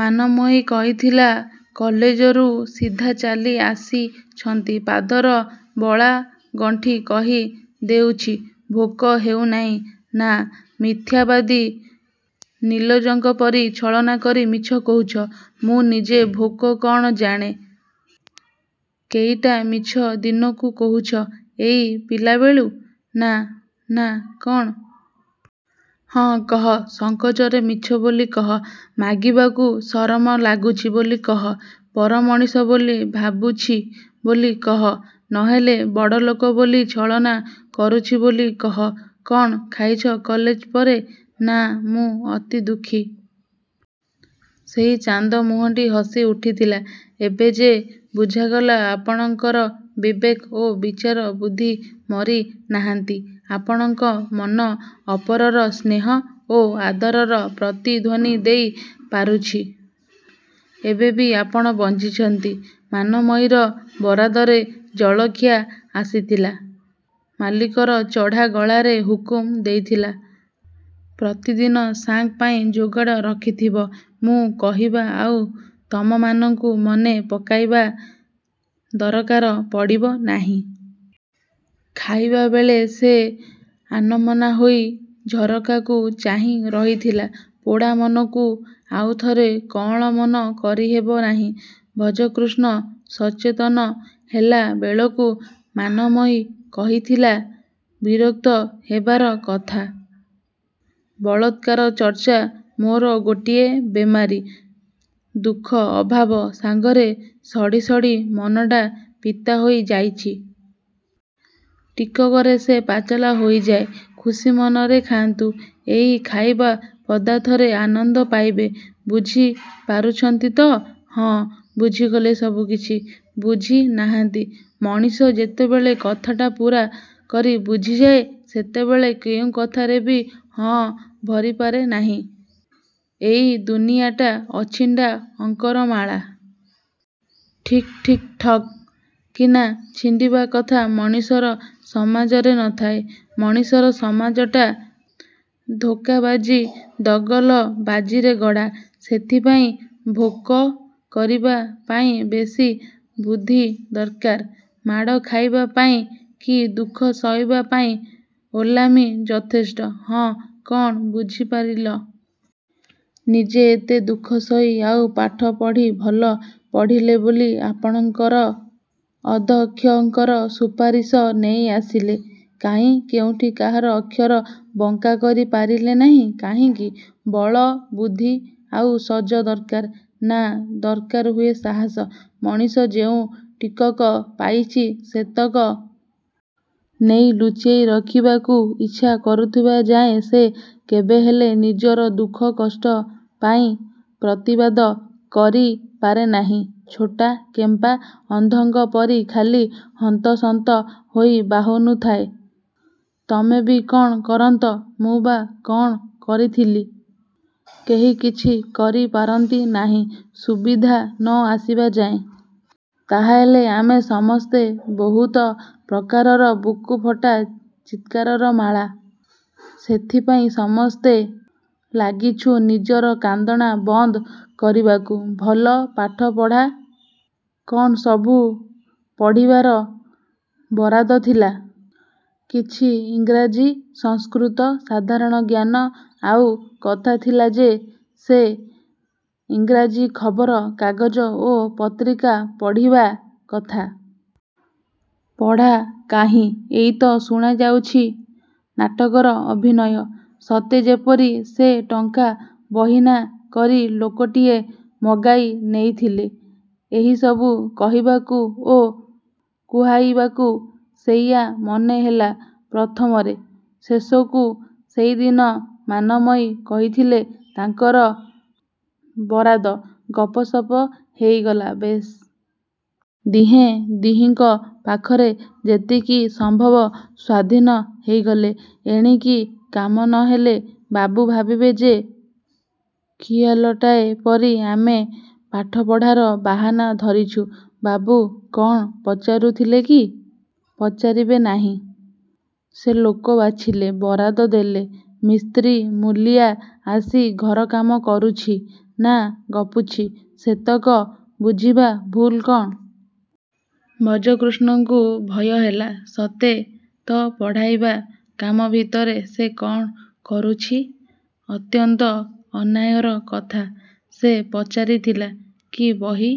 ମାନମୟୀ କହିଥିଲା-କଲେଜରୁ ସିଧା ଚାଲି ଆସିଛନ୍ତି। ପାଦର ବଳାଗଣ୍ଠି କହି ଦେଉଛି। ଭୋକ ହେଉ ନାହିଁ? -ନା। -ମିଥ୍ୟାବାଦୀ। ନିର୍ଲଜଙ୍କ ପରି ଛଳନା କରି ମିଛ କହୁଛ। ମୁଁ ନିଜେ ଭୋକ କ'ଣ ଜାଣେ। କେଇଟା ମିଛ ଦିନକୁ କହୁଛ ଏଇ ପିଲାବେଳୁଁ? -ନା। -ନା, କ'ଣ? ହଁ, କହ। ସଂକୋଚରେ ମିଛ ବୋଲି କହ। ମାଗିବାକୁ ସରମ ଲାଗୁଛି ବୋଲି କହ। ପର ମଣିଷ ବୋଲି ଭାବୁଛି ବୋଲି କହ। ନ ହେଲେ ବଡ଼ଲୋକ ବୋଲି ଛଳନା କରୁଛି ବୋଲି କହ କ'ଣ ଖାଇଛ କଲେଜ ପରେ? -ନା। ମୁଁ ଅତି ଦୁଃଖୀ। -ସେଇ ଚାନ୍ଦ ମୁହଁଟି ହସି ଉଠିଥିଲା। ଏବେ ଯେ ବୁଝାଗଲା ଆପଣଙ୍କର ବିବେକ ଓ ବିଚାର ବୁଦ୍ଧି ମରି ନାହାନ୍ତି। ଆପଣଙ୍କ ମନ ଅପରର ସ୍ନେହ ଓ ଆଦରର ପ୍ରତିଧ୍ୱନି ଦେଇ ପାରୁଛି। ଏବେ ବି ଆପଣ ବଞ୍ଚିଛନ୍ତି। ମାନମୟୀର ବରାଦରେ ଜଳଖିଆ ଆସିଥିଲା। ମାଲିକର ଚଢ଼ା ଗଳାରେ ହୁକୁମ ଦେଇଥିଲା-ପ୍ରତିଦିନ ସାର୍ଙ୍କ ପାଇଁ ଯୋଗାଡ଼ ରଖିଥିବ, ମୁଁ କହିବା ଆଉ ତମମାନଙ୍କୁ ମନେ ପକାଇବା ଦରକାର ପଡ଼ିବ ନାହିଁ। ଖାଇବାବେଳେ ସେ ଆନମନା ହୋଇ ଝରକାକୁ ଚାହିଁ ରହିଥିଲା। -ପୋଡ଼ା ମନକୁ ଆଉଥରେ କଅଁଳ ମନ କରି ହେବ ନାହିଁ। ଭଜକୃଷ୍ଣ ସଚେତନ ହେଲାବେଳକୁ ମାନମୟୀ କହିଥିଲା-ବିରକ୍ତ ହେବାର କଥା। ବଳାତ୍କାର ଚର୍ଚ୍ଚା ମୋର ଗୋଟାଏ ବେମାରି। ଦୁଃଖ ଅଭାବ ସାଙ୍ଗରେ ସଢ଼ି ସଢ଼ି ମନଟା ପିତା ହୋଇ ଯାଇଛି। ଟିକକରେ ସେ ପାଚଲା ହୋଇଯାଏ। ଖୁସି ମନରେ ଖାଆନ୍ତୁ। ଏଇ ଖାଇବାପଦାର୍ଥରେ ଆନନ୍ଦ ପାଇବେ ବୁଝି ପାରୁଛନ୍ତି ତ? -ହଁ। -ବୁଝିଗଲେ ସବୁ? କିଛି ବୁଝି ନାହାନ୍ତି। ମଣିଷ ଯେତେବେଳେ କଥାଟା ପୂରା କରି ବୁଝିଯାଏ ସେତେବେଳେ କେଉଁ କଥାରେ ବି ହଁ-ଭରିପାରେ ନାହିଁ। ଏଇ ଦୁନିଆଟା ଅଛିଣ୍ଡା ଅଙ୍କର ମାଳା। ଠିକ୍ ଠିକ୍ ଠକ୍ କିନା ଛିଣ୍ଡିବା କଥା ମଣିଷର ସମାଜରେ ନଥାଏ। ମଣିଷର ସମାଜଟା ଧୋକାବାଜି ଦଗଲ-ବାଜିରେ ଗଢ଼ା। ସେଥିପାଇଁ ଭୋଗ କରିବା ପାଇଁ ବେଶି ବୁଦ୍ଧି ଦରକାର। ମାଡ଼ ଖାଇବା ପାଇଁ କି ଦୁଃଖ ସହିବା ପାଇଁ ଓଲାମି ଯଥେଷ୍ଟ। -ହଁ। -କ'ଣ ବୁଝିପାରିଲ? ନିଜେ ଏତେ ଦୁଃଖ ସହି ଆଉ ପାଠପଢ଼ି ଭଲ ପଢ଼ିଲେ ବୋଲି ଆପଣଙ୍କର ଅଧ୍ୟକ୍ଷଙ୍କର ସୁପାରିସ ନେଇ ଆସିଲେ। କାହିଁ କେଉଁଠି କାହାର ଅକ୍ଷର ବଙ୍କାକରି ପାରିଲେ ନାହିଁ-କାହିଁକି? -ବଳ ବୁଦ୍ଧି ଆଉ ସଜ ଦରକାର। -ନା, ଦରକାର ହୁଏ ସାହସ। ମଣିଷ ଯେଉଁ ଟିକକ ପାଇଛି ସେତକ। ନେଇ ଲୁଚେଇ ରଖିବାକୁ ଇଛା କରୁଥିବା ଯାଏ ସେ କେବେହେଲେ ନିଜର ଦୁଃଖ-କଷ୍ଟ ପାଇଁ ପ୍ରତିବାଦ କରିପାରେ ନାହିଁ। ଛୋଟା କେମ୍ପା ଅନ୍ଧଙ୍କ ପରି ଖାଲି ହନ୍ତସନ୍ତ ହୋଇ ବାହୁନୁଥାଏ। ତମେ ବି କ'ଣ କରନ୍ତ? ମୁଁ ବା କ'ଣ କରିଥିଲି? -କେହି କିଛି କରିପାରନ୍ତି ନାହିଁ ସୁବିଧା ନ ଆସିବା ଯାଏ। -ତାହାହେଲେ ଆମେ ସମସ୍ତେ ବହୁତ ପ୍ରକାରର ବୁକୁଫଟା ଚିତ୍କାରର ମାଳା। ସେଥିପାଇଁ ସମସ୍ତେ ଲାଗିଛୁ ନିଜର କାନ୍ଦଣା ବନ୍ଦ କରିବାକୁ। -ଭଲ ପାଠ ପଢ଼ା? କ'ଣ ସବୁ ପଢ଼ିବାର ବରାଦ ଥିଲା? -କିଛି ଇଂରାଜୀ-ସଂସ୍କୃତ-ସାଧାରଣ ଜ୍ଞାନ। ଆଉ କଥା ଥିଲା ଯେ ସେ ଇଂରାଜୀ ଖବର କାଗଜ ଓ ପତ୍ରିକା ପଢ଼ିବା କଥା। -ପଢ଼ା କାହିଁ? ଇଏ ତ ଶୁଣାଯାଉଛି ନାଟକର ଅଭିନୟ। ସତେ ଯେପରି ସେ ଟଙ୍କା ବହିନା କରି ଲୋକଟିଏ ମଗାଇ ନେଇଥିଲେ ଏହିସବୁ କହିବାକୁ ଓ କୁହାଇବାକୁ। -ସେଇଆ ମନେ ହେଲା ପ୍ରଥମରେ। -ଶେଷକୁ। -ସେହିଦିନ ମାନମୟୀ କହିଥିଲେ ତାଙ୍କର ବରାଦ। ଗପସପ ହେଇଗଲା ବେଶ୍। ଦିହେଁ ଦିହିଁଙ୍କ ପାଖରେ ଯେତିକି ସମ୍ଭବ ସ୍ୱାଧୀନ ହେଇଗଲେ। ଏଣିକି କାମ ନ ହେଲେ ବାବୁ ଭାବିବେ ଯେ ଖିଆଲଟାଏ ପରି ଆମେ ପାଠପଢ଼ାର ବାହାନା ଧରିଛୁ। -ବାବୁ କ'ଣ ପଚାରୁଥିଲେ କି? -ପଚାରିବେ ନାହିଁ? ସେ ଲୋକ ବାଛିଲେ। ବରାଦ ଦେଲେ। ମିସ୍ତ୍ରୀ ମୂଲିଆ ଆସି ଘରକାମ କରୁଛି ନା ଗପୁଛି ସେତକ ବୁଝିବା ଭୁଲ କ'ଣ? ଭଜକୃଷ୍ଣଙ୍କୁ ଭୟ ହେଲା। -ସତେ ତ ପଢ଼ାଇବା କାମ ଭିତରେ ସେ କ'ଣ କରୁଛି? ଅତ୍ୟନ୍ତ ଅନ୍ୟାୟର କଥା। ସେ ପଚାରିଥିଲା-କି ବହି?